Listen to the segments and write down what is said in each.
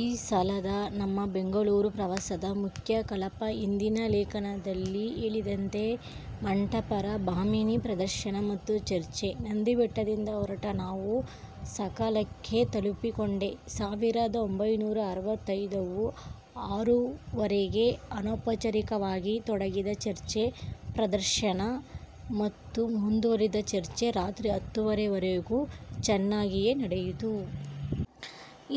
ಈ ಸಲದ ನಮ್ಮ ಬೆಂಗಳೂರು ಪ್ರವಾಸದ ಮುಖ್ಯ ಕಲಾಪ ಹಿಂದಿನ ಲೇಖನದಲ್ಲಿ ಹೇಳಿದಂತೆ ಮಂಟಪರ 'ಭಾಮಿನಿ' ಪ್ರದರ್ಶನ ಮತ್ತು ಚರ್ಚೆ. ನಂದಿ ಬೆಟ್ಟದಿಂದ ಹೊರಟ ನಾವು ಸಕಾಲಕ್ಕೆ ತಲಪಿಕೊಂಡೆಸಾವಿರದ ಒಂಭೈನೂರ ಅರವತ್ತೈದವು. ಆರೂವರೆಗೇ ಅನೌಪಚಾರಿಕವಾಗಿ ತೊಡಗಿದ ಚರ್ಚೆ, ಪ್ರದರ್ಶನ ಮತ್ತು ಮುಂದುವರಿದ ಚರ್ಚೆ ರಾತ್ರಿ ಹತ್ತೂವರೆಯವರೆಗೂ ಚೆನ್ನಾಗಿಯೇ ನಡೆಯಿತು.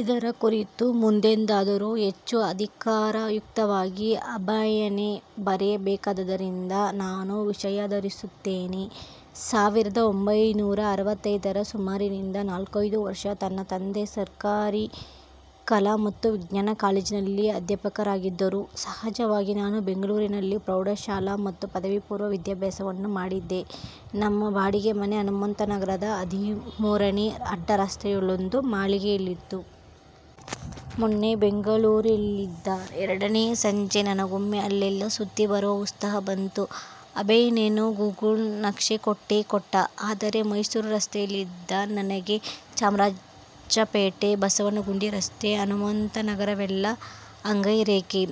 ಇದರ ಕುರಿತು ಮುಂದೆಂದಾದರೂ ಹೆಚ್ಚು ಅಧಿಕಾರಯುತವಾಗಿ ಅಭಯನೇ ಬರೆಯಬೇಕಾದ್ದರಿಂದ ನಾನು ವಿಷಯಾಂತರಿಸುತ್ತೇನೆ. ಸಾವಿರದ ಒಂಭೈನೂರ ಅರವತ್ತೈದರ ಸುಮಾರಿನಿಂದ ನಾಲ್ಕೈದು ವರ್ಷ ನನ್ನ ತಂದೆ ಸರಕಾರೀ ಕಲಾ ಮತ್ತು ವಿಜ್ಞಾನ ಕಾಲೇಜಿನಲ್ಲಿ ಅಧ್ಯಾಪಕರಾಗಿದ್ದರು. ಸಹಜವಾಗಿ ನಾನು ಬೆಂಗಳೂರಿನಲ್ಲೇ ಪ್ರೌಢಶಾಲಾ ಮತ್ತು ಪದವಿಪೂರ್ವ ವಿದ್ಯಾಭ್ಯಾಸವನ್ನು ಮಾಡಿದ್ದೆ. ನಮ್ಮ ಬಾಡಿಗೆ ಮನೆ ಹನುಮಂತನಗರದ ಹದಿಮೂರನೇ ಅಡ್ಡ ರಸ್ತೆಯಲ್ಲೊಂದು ಮಾಳಿಗೆಯಲ್ಲಿತ್ತು. ಮೊನ್ನೆ ಬೆಂಗಳೂರಲ್ಲಿದ್ದ ಎರಡನೇ ಸಂಜೆ ನನಗೊಮ್ಮೆ ಅಲ್ಲೆಲ್ಲಾ ಸುತ್ತಿ ಬರುವ ಉತ್ಸಾಹ ಬಂತು. ಅಭಯನೇನೋ ಗೂಗಲ್ ನಕ್ಷೆ ಕೊಟ್ಟೇ ಕೊಟ್ಟ. ಆದರೆ ಮೈಸೂರು ರಸ್ತೆಯಲ್ಲಿದ್ದ ನನಗೆ, ಚಾಮರಾಜಪೇಟೆ, ಬಸವನಗುಡಿರಸ್ತೆ, ಹನುಮಂತನಗರವೆಲ್ಲ "ಅಂಗೈ ರೇಖೆ,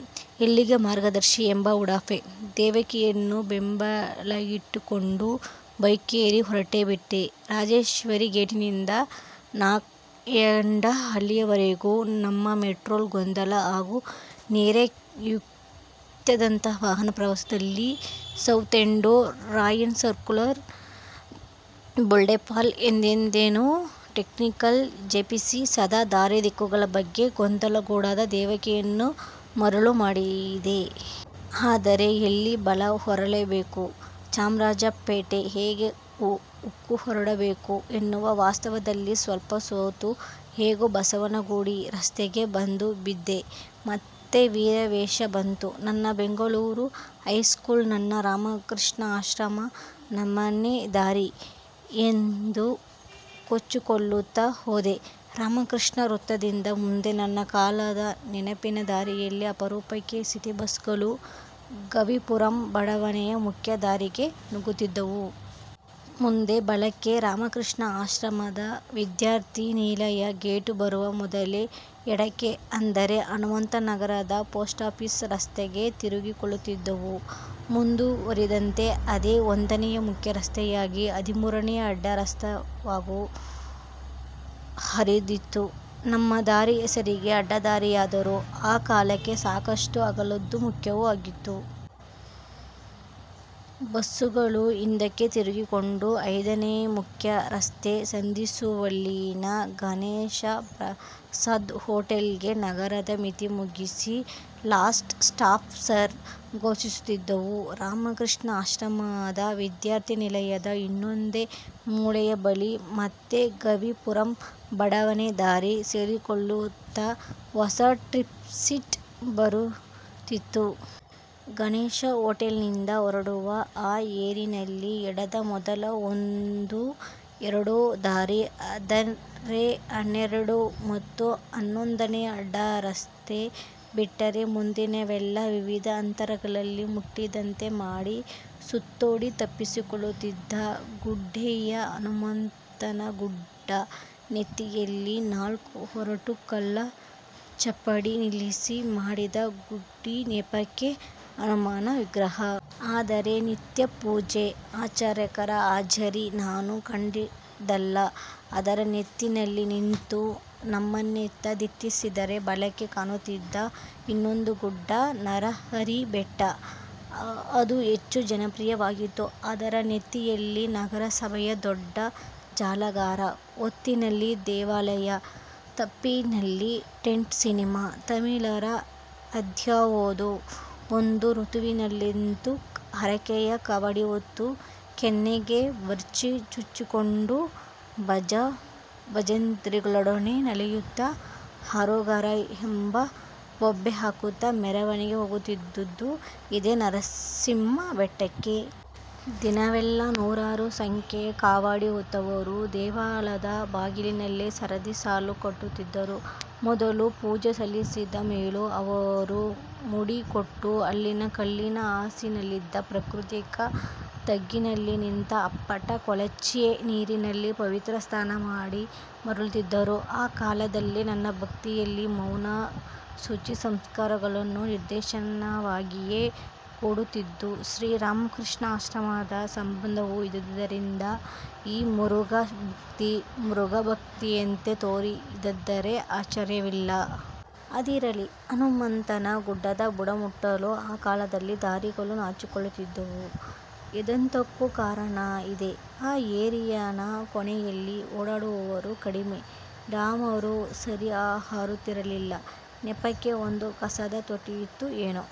ಎಲ್ಲಿಗೆ ಮಾರ್ಗದರ್ಶಿ" ಎಂಬ ಉಡಾಫೆ. ದೇವಕಿಯನ್ನು ಬೆಂಬಲಕ್ಕಿಟ್ಟುಕೊಂಡು ಬೈಕೇರಿ ಹೊರಟೇಬಿಟ್ಟೆ. ರಾಜರಾಜೇಶ್ವರಿ ಗೇಟಿನಿಂದ ನಾಯಂಡ ಹಳ್ಳಿವರೆಗಿನ 'ನಮ್ಮ ಮೆಟ್ರೋ' ಗೊಂದಲ ಹಾಗೂ ನೆರೆಯುಕ್ಕಿದಂಥ ವಾಹನಪ್ರವಾಹದಲ್ಲಿ 'ಸೌತೆಂಡೂ, ರಾಯನ್ಸರ್ಕಲ್ಲೂ, ಬುಲ್ಟೆಂಪಲ್ಲೂ' ಎಂದೇನೇನೋ 'ಟೆಕ್ನಿಕಲ್' ಜಪಿಸಿ, ಸದಾ ದಾರಿ, ದಿಕ್ಕುಗಳ ಬಗ್ಗೆ ಗೊಂದಲಗೂಡಾದ ದೇವಕಿಯನ್ನು ಮರುಳು ಮಾಡಿದೆ. ಆದರೆ ಎಲ್ಲಿ ಬಲ ಹೊರಳಬೇಕು, ಚಾಮರಾಜಪೇಟೆ ಹೇಗೆ ಹೊಕ್ಕುಹೊರಡಬೇಕು ಎನ್ನುವ ವಾಸ್ತವದಲ್ಲಿ ಸ್ವಲ್ಪ ಸೋತು, ಹೇಗೋ ಬಸವನಗುಡಿ ರಸ್ತೆಗೆ ಬಂದುಬಿದ್ದೆ. ಮತ್ತೆ ವೀರಾವೇಶ ಬಂತು. 'ನನ್ನ ಬೆಂಗಳೂರು ಹೈಸ್ಕೂಲು, ನನ್ನ ರಾಮಕೃಷ್ಣ ಆಶ್ರಮ, ನಮ್ಮನೆ ದಾರಿ' ಎಂದು ಕೊಚ್ಚಿಕೊಳ್ಳುತ್ತ ಹೋದೆ. ರಾಮಕೃಷ್ಣ ವೃತ್ತದಿಂದ ಮುಂದೆ, ನನ್ನ ಕಾಲದ ನೆನಪಿನ ದಾರಿಯಲ್ಲಿ, ಅಪರೂಪಕ್ಕೆ ಸಿಟಿ ಬಸ್ಸುಗಳು, ಗವೀಪುರಂ ಬಡಾವಣೆಯ ಮುಖ್ಯ ದಾರಿಗೆ ನುಗ್ಗುತ್ತಿದ್ದವು. ಮುಂದೆ ಬಲಕ್ಕೆ ರಾಮ ಕೃಷ್ಣ ಆಶ್ರಮದ ವಿದ್ಯಾರ್ಥಿ ನಿಲಯದ ಗೇಟು ಬರುವ ಮೊದಲೇ ಎಡಕ್ಕೆ ಅಂದರೆ ಹನುಮಂತನಗರದ ಪೊಸ್ಟಾಫೀಸ್ ರಸ್ತೆಗೆ ತಿರುಗಿಕೊಳ್ಳುತ್ತಿದ್ದುವು. ಮುಂದುವರಿದಂತೆ ಅದೇ ಒಂದನೇ ಮುಖ್ಯ ರಸ್ತೆಯಾಗಿ, ಹದಿಮೂರನೇ ಅಡ್ಡ ರಸ್ತೆವರೆಗೂ ಹರಿದಿತ್ತು. ನಮ್ಮ ದಾರಿ ಹೆಸರಿಗೆ ಅಡ್ಡದಾರಿಯಾದರೂ ಆ ಕಾಲಕ್ಕೆ ಸಾಕಷ್ಟು ಅಗಲದ್ದೂ ಮುಖ್ಯವೂ ಆಗಿತ್ತು. ಬಸ್ಸುಗಳು ಇದಕ್ಕೆ ತಿರುಗಿಕೊಂಡು, ಐದನೇ ಮುಖ್ಯ ರಸ್ತೆ ಸಂಧಿಸುವಲ್ಲಿನ ಗಣೇಶ ಪ್ರಸಾದ್ ಹೋಟೆಲ್ಗೆ ನಗರದ ಮಿತಿ ಮುಗಿಸಿ, 'ಲಾಸ್ಟ್ ಸ್ಟಾಪ್ ಸಾರ್' ಘೋಷಿಸುತ್ತಿದ್ದುವು. ರಾಮ ಕೃಷ್ಣ ಆಶ್ರಮದ ವಿದ್ಯಾರ್ಥಿ ನಿಲಯದ ಇನ್ನೊಂದೇ ಮೂಲೆಯ ಬಳಿ ಮತ್ತೆ ಗವೀಪುರಂ ಬಡಾವಣೇ ದಾರಿ ಸೇರಿಕೊಳ್ಳುತ್ತಾ ಹೊಸ 'ಟ್ರಿಪ್ ಶೀಟ್' ಬರೀತಿತ್ತು. ಗಣೇಶ ಹೋಟೆಲಿನಿಂದ ಹೊರಡುವ ಆ ಏರಿನಲ್ಲಿ ಎಡದ ಮೊದಲ ಒಂದೋ ಎರಡೋ ದಾರಿ, ಅಂದರೆ ಹನ್ನೆರಡು ಮತ್ತು ಹನ್ನೊಂದನೇ ಅಡ್ಡ ರಸ್ತೆ ಬಿಟ್ಟರೆ ಮುಂದಿನವೆಲ್ಲ ವಿವಿಧ ಅಂತರಗಳಲ್ಲಿ ಮುಟ್ಟಿದಂತೆ ಮಾಡಿ, ಸುತ್ತೋಡಿ ತಪ್ಪಿಸಿಕೊಳ್ಳುತ್ತಿದ್ದ ಗುಡ್ಡೆಯೇ ಹನುಮಂತನಗುಡ್ಡ ನೆತ್ತಿಯಲ್ಲಿ ನಾಲ್ಕು ಒರಟು ಕಲ್ಲ ಚಪ್ಪಡಿ ನಿಲ್ಲಿಸಿ ಮಾಡಿದ ಗುಡಿ, ನೆಪಕ್ಕೆ ಹನುಮನ ವಿಗ್ರಹ. ಆದರೆ ನಿತ್ಯ ಪೂಜೆ, ಅರ್ಚಕರ ಹಾಜರಿ ನಾನು ಕಂಡದ್ದಿಲ್ಲ. ಅದರ ನೆತ್ತಿಯಲ್ಲಿ ನಿಂತು ನಮ್ಮನೆಯತ್ತ ದಿಟ್ಟಿಸಿದರೆ ಬಲಕ್ಕೆ ಕಾಣುತ್ತಿದ್ದ ಇನ್ನೊಂದು ಗುಡ್ಡ ನರಹರಿಬೆಟ್ಟ. ಅದು ಹೆಚ್ಚು 'ಜನಪ್ರಿಯ'ವಾಗಿತ್ತು. ಅದರ ನೆತ್ತಿಯಲ್ಲಿ ನಗರಸಭೆಯ ದೊಡ್ಡ ಜಲಾಗಾರ, ಒತ್ತಿನಲ್ಲಿ ದೇವಾಲಯ, ತಪ್ಪಲಿನಲ್ಲಿ ಟೆಂಟ್ ಸಿನಿಮಾ. ತಮಿಳರು ಅದ್ಯಾವುದೋ ಒಂದು ಋತುವಿನಲ್ಲಂತೂ ಹರಕೆಯ ಕಾವಡಿ ಹೊತ್ತು, ಕೆನ್ನೆಗೆ ಭರ್ಚಿ ಚುಚ್ಚಿಕೊಂಡು, ಭಾಜಾ ಭಜಂತ್ರಿಗಳೊಡನೆ ನಲಿಯುತ್ತ, 'ಹರೋಗರ' ಎಂದು ಬೊಬ್ಬೆ ಹಾಕುತ್ತ ಮೆರವಣಿಗೆ ಹೋಗುತ್ತಿದ್ದುದು ಇದೇ ನರಸಿಂಹ ಬೆಟ್ಟಕ್ಕೆ. ದಿನವೆಲ್ಲಾ ನೂರಾರು ಸಂಖ್ಯೆಯ ಕಾವಡಿ ಹೊತ್ತವರು, ದೇವಳದ ಬಾಗಿಲಿನಲ್ಲಿ ಸರದಿ ಸಾಲು ಕಟ್ಟುತ್ತಿದ್ದರು. ಮೊದಲೋ ಪೂಜೆ ಸಲ್ಲಿಸಿದ ಮೇಲೋ ಅವರು ಮುಡಿ ಕೊಟ್ಟು, ಅಲ್ಲಿನ ಕಲ್ಲಿನ ಹಾಸಿನಲ್ಲಿದ್ದ ಪ್ರಾಕೃತಿಕ ತಗ್ಗಿನಲ್ಲಿ ನಿಂತ ಅಪ್ಪಟ ಕೊಳಚೆ ನೀರಿನಲ್ಲಿ 'ಪವಿತ್ರ ಸ್ನಾನ' ಮಾಡಿ ಮರಳುತ್ತಿದ್ದರು. ಆ ಕಾಲದಲ್ಲೇ ನನಗೆ ಭಕ್ತಿಯಲ್ಲಿ ಮೌನ, ಶುಚಿ, ಸಂಸ್ಕಾರಗಳನ್ನು ನಿದರ್ಶನವಾಗಿಯೇ ಕೊಡುತ್ತಿದ್ದ ಶ್ರೀ ರಾಮಕೃಷ್ಣ ಆಶ್ರಮದ ಸಂಬಂಧವೂ ಇದ್ದುದರಿಂದ ಈ ಮುರುಗ ಭಕ್ತಿ, ಮೃಗಭಕ್ತಿಯಂತೇ ತೋರಿದ್ದರೆ ಆಶ್ಚರ್ಯವಿಲ್ಲ. ಅದಿರಲಿ, ಹನುಮಂತನ ಗುಡ್ಡದ ಬುಡ ಮುಟ್ಟಲು ಆ ಕಾಲದಲ್ಲಿ ದಾರಿಗಳು ನಾಚಿಕೊಳ್ಳುತ್ತಿದ್ದುವು ಎಂದದ್ದಕ್ಕೂ ಕಾರಣ ಇದೆ. ಆ ಏರಿನ ಕೊನೆಯಲ್ಲಿ ಓಡಾಡುವವರೂ ಕಡಿಮೆ, ಡಾಮರೂ ಸರಿ ಹಾಕುತ್ತಿರಲಿಲ್ಲ. ನೆಪಕ್ಕೆ ಒಂದು ಕಸದ ತೊಟ್ಟಿಯಿತ್ತೋ ಏನೋ.